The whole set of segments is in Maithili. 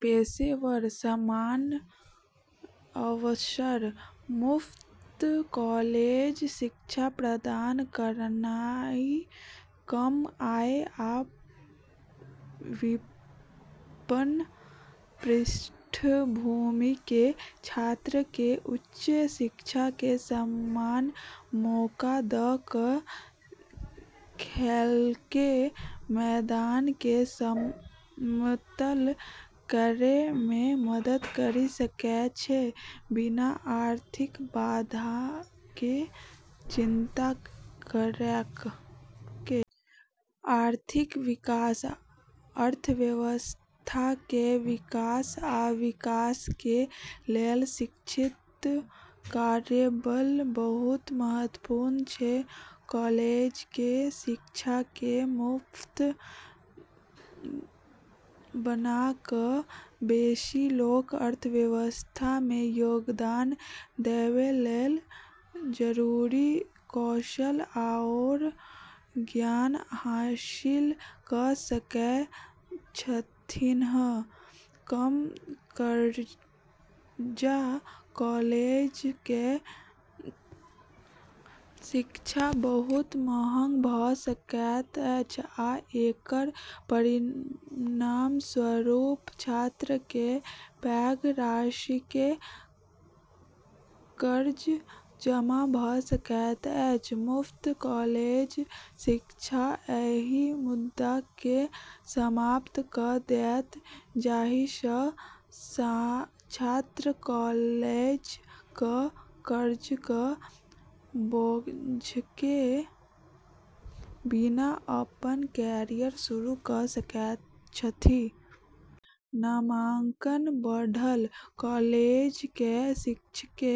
पेशेवर: समान अवसर: मुफ्त कॉलेज शिक्षा प्रदान करनाइ कम आय आ विपन्न पृष्ठभूमिके छात्रके उच्च शिक्षाके समान मौका द' क' खेलके मैदानके समतल करैमे मदद करि सकै छै, बिना आर्थिक बाधाके चिंता करैके। आर्थिक विकास: अर्थव्यवस्थाके विकास आ विकासके लेल शिक्षित कार्यबल बहुत महत्वपूर्ण छै। कॉलेजके शिक्षाके मुफ्त बना क' बेशी लोक अर्थव्यवस्थामे योगदान देबय लेल जरूरी कौशल आओर ज्ञान हासिल क' सकय छथिन्ह। कम कर्जा: कॉलेजके शिक्षा बहुत महग भ' सकैत अछि आ एकर परिणामस्वरूप छात्रके पैघ राशिके कर्ज जमा भ' सकैत अछि मुफ्त कॉलेज शिक्षा एहि मुद्दाके समाप्त क' देत, जाहिसँ छात्र कॉलेज क' कर्जक बोझके बिना अपन कैरियर शुरू क' सकैत छथि। नामांकन बढ़ल: कॉलेजके शिक्षाके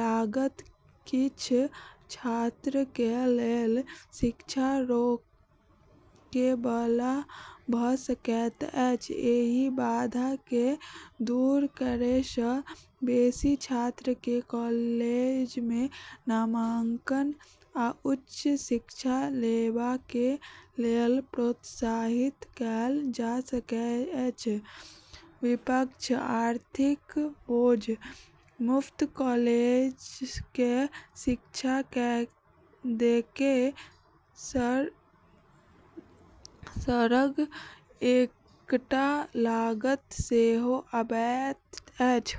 लागत किछ छात्रके लेल शिक्षा रोकैबला भ' सकैत अछि। एहि बाधाके दूर करैसँ बेशी छात्रके कॉलेजमे नामांकन आ उच्च शिक्षा लेबाके लेल प्रोत्साहित कैल जा सकै छै। विपक्ष: आर्थिक बोझ: मुफ्त कॉलेजके शिक्षा दैके सङ्ग एकटा लागत सेहो अबैत अछि।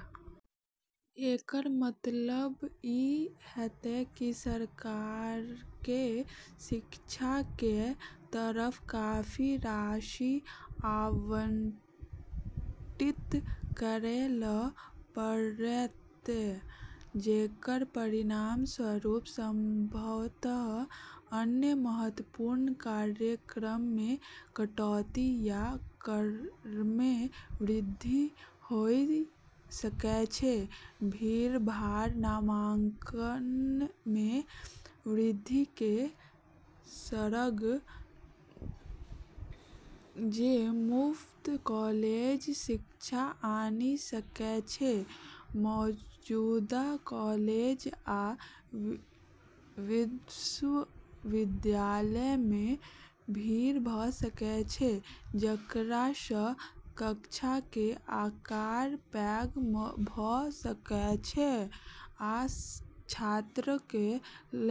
एकर मतलब ई हेतै कि सरकारके शिक्षाके तरफ काफी राशि आवंटित करै ल' पड़तै, जेकर परिणामस्वरूप संभवतः अन्य महत्वपूर्ण कार्यक्रममे कटौती या करमे वृद्धि होइ सकै छै। भीड़भाड़: नामांकनमे वृद्धिके सङ्ग जे मुफ्त कॉलेज शिक्षा आनि सकै छै, मौजूदा कॉलेज आ विश्वविद्यालयमे भीड़ भ' सकै छै, जेकरासँ कक्षाके आकार पैघ भ' सकै छै आ छात्रके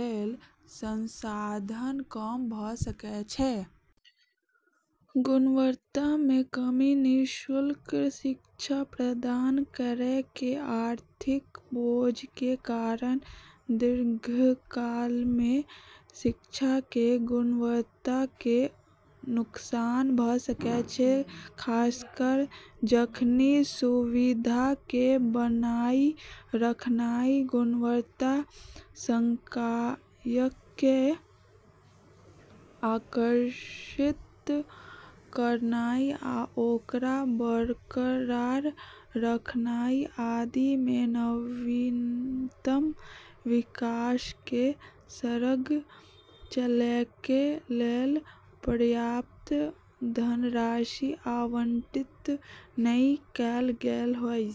लेल संसाधन कम भ' सकै छै। गुणवत्तामे कमी: निःशुल्क शिक्षा प्रदान करैके आर्थिक बोझके कारण दीर्घकालमे शिक्षाके गुणवत्ताके नुकसान भ' सकै छै, खासकर जखनि सुविधाके बनाइ रखनाइ, गुणवत्ता संकायके आकर्षित करनाइ आ ओकरा बरकरार रखनाइ आदिमे नवीनतम विकासके सङ्ग चलैके लेल पर्याप्त धनराशि आवंटित नहि कैल गेल होइ।